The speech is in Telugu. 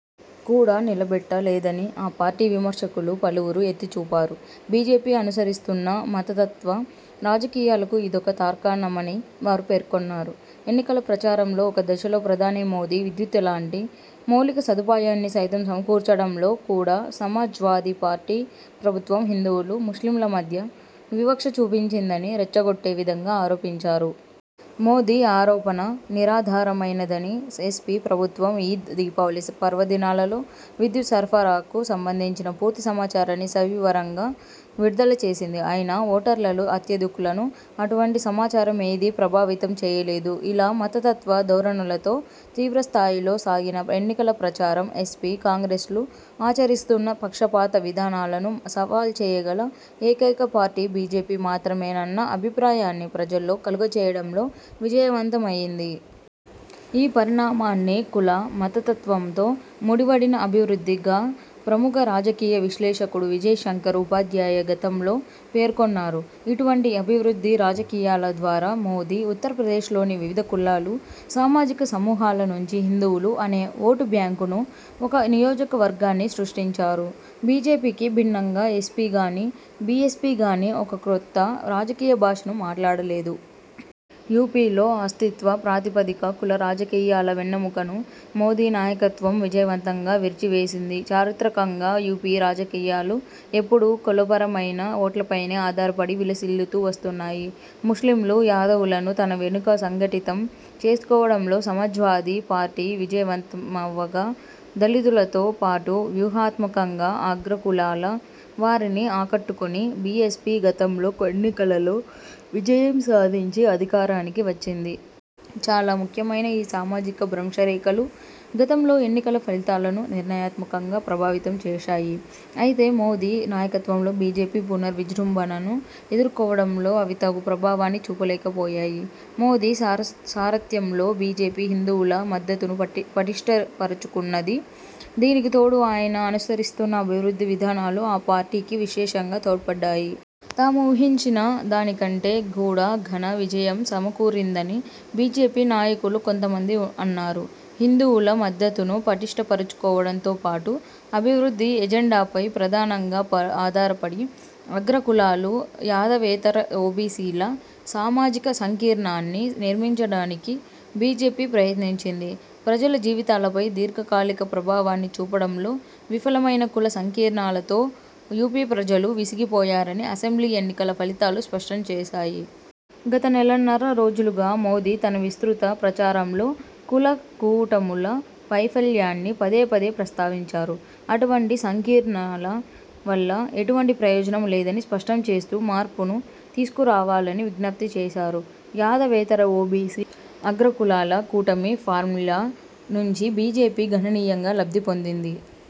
కూడా నిలబెట్ట లేదని ఆ పార్టీ విమర్శకులు పలువురు ఎత్తి చూపారు. బీజేపీ అనుసరిస్తున్న మతతత్వ రాజకీయాలకు ఇదొక తార్కాణమని వారు పేర్కొన్నారు. ఎన్నికల ప్రచారంలో ఒక దశలో ప్రధాని మోదీ విద్యుత్తులాంటి మౌలిక సదుపాయాన్ని సైతం సమకూర్చడంలో కూడా సమాజ్ వాదీ పార్టీ ప్రభుత్వం హిందువులు, ముస్లింల మధ్య వివక్ష చూపించిందని రెచ్చగొట్టే విధంగా ఆరోపించారు. మోదీ ఆరోపణ నిరాధారమైనదని ఎస్ పి ప్రభుత్వం ఈద్, దీపావళి పర్వదినాలలో విద్యుత్ సరఫరాకు సంబంధించిన పూర్తి సమాచారాన్ని సవివరంగా విడుదల చేసింది. అయినా ఓటర్లలో అత్యధికులను అటువంటి సమాచారమేదీ ప్రభావితం చేయలేదు. ఇలా మతతత్వ ధోరణులతో తీవ్రస్థాయిలో సాగిన ఎన్నికల ప్రచారం, ఎస్పి, కాంగ్రెస్లు ఆచరిస్తున్న పక్షపాత విధానాలను సవాల్చేయగల ఏకైక పార్టీ బీజేపీ మాత్రమేనన్న అభిప్రాయాన్ని ప్రజల్లో కలుగచేయడంలో విజయవంతమయింది. ఈ పరిణామాన్నే 'కుల/మతత్వంతో ముడివడిన అభివృద్ధి'గా ప్రముఖ రాజకీయ విశ్లేషకుడు విజయ్ శంకర్ ఉపాధ్యాయ గతంలో పేర్కొన్నారు. ఇటువంటి అభివృద్ధి రాజకీయాల ద్వారా మోదీ, ఉత్తరప్రదేశ్లోని వివిధ కులాలు, సామాజిక సమూహాల నుంచి 'హిందువులు' అనే ఓటు బ్యాంకును, ఒక నియోజక వర్గాన్ని సృష్టించారు. బీజేపీకి భిన్నంగా ఎస్పిగానీ, బిఎస్పిగానీ ఒక కొత్త రాజకీయ భాషను మాట్లాడలేదు. యూపీలో అస్తిత్వ ప్రాతిపదిక కుల రాజకీయాల వెన్నెముకను మోదీ నాయకత్వం విజయవంతంగా విరిచివేసింది. చారిత్రకంగా యూపీ రాజకీయాలు ఎప్పుడూ కులపరమైన ఓట్ల పైనే ఆధారపడి విలసిల్లుతూ వస్తున్నాయి. ముస్లింలు, యాదవులను తన వెనుక సంఘటితం చేసుకోవడంలో సమాజ్వాదీ పార్టీ విజయవంతమవ్వగా దళితులతో పాటు వ్యూహాత్మకంగా 'అగ్రకులాల'వారిని ఆకట్టుకొని బీఎస్పీ గతంలో ఎన్నికలలో విజయం సాధించి అధికారానికి వచ్చింది. చాలా ముఖ్యమైన ఈ సామాజిక భ్రంశరేఖలు గతంలో ఎన్నికల ఫలితాలను నిర్ణయాత్మకంగా ప్రభావితం చేశాయి. అయితే మోదీ నాయకత్వంలో బీజేపీ పునర్ విజృంభణను ఎదుర్కోవడంలో అవి తగు ప్రభావాన్ని చూపలేకపోయాయి. మోదీ సారథ్యంలో బీజేపీ హిందువుల మద్దతును పటిష్ఠపరచుకున్నది. దీనికి తోడు ఆయన అనుసరిస్తున్న అభివృద్ధి విధానాలు ఆ పార్టీకి విశేషంగా తోడ్పడ్డాయి. తాము ఊహించిన దాని కంటే కూడా ఘన విజయం సమకూరిందని బీజేపీ నాయకులు కొంతమంది అన్నారు. హిందువుల మద్దతును పటిష్ఠపరచుకోవడంతోపాటు అభివృద్ధి ఎజెండాపై ప్రధానంగా ఆధారపడి, 'అగ్రకులాలు', యాదవేతర ఓబీసీల ' సామాజిక సంకీర్ణాన్ని నిర్మించడానికి బీజేపీ ప్రయత్నించింది. ప్రజల జీవితాలపై దీర్ఝకాలిక ప్రభావాన్ని చూపడంలో విఫలమైన కుల సంకీర్ణాలతో యూపీ ప్రజలు విసిగిపోయారని అసెంబ్లీ ఎన్నికల ఫలితాలు స్పష్టం చేశాయి. గత నెలన్నర రోజులుగా మోదీ తన విస్తృత ప్రచారంలో కులకూటముల వైఫల్యాన్ని పదేపదే ప్రస్తావించారు. అటువంటి సంకీర్ణాల వల్ల ఎటువంటి ప్రయోజనం లేదని స్పష్టం చేస్తూ మార్పును తీసుకురావాలని విజ్ఞప్తి చేశారు. యాదవేతర ఓబీసీ – అగ్రకులాల కూటమి ఫార్మ్యూలా నుంచి బీజేపీ గణనీయంగా లబ్ధిపొందింది.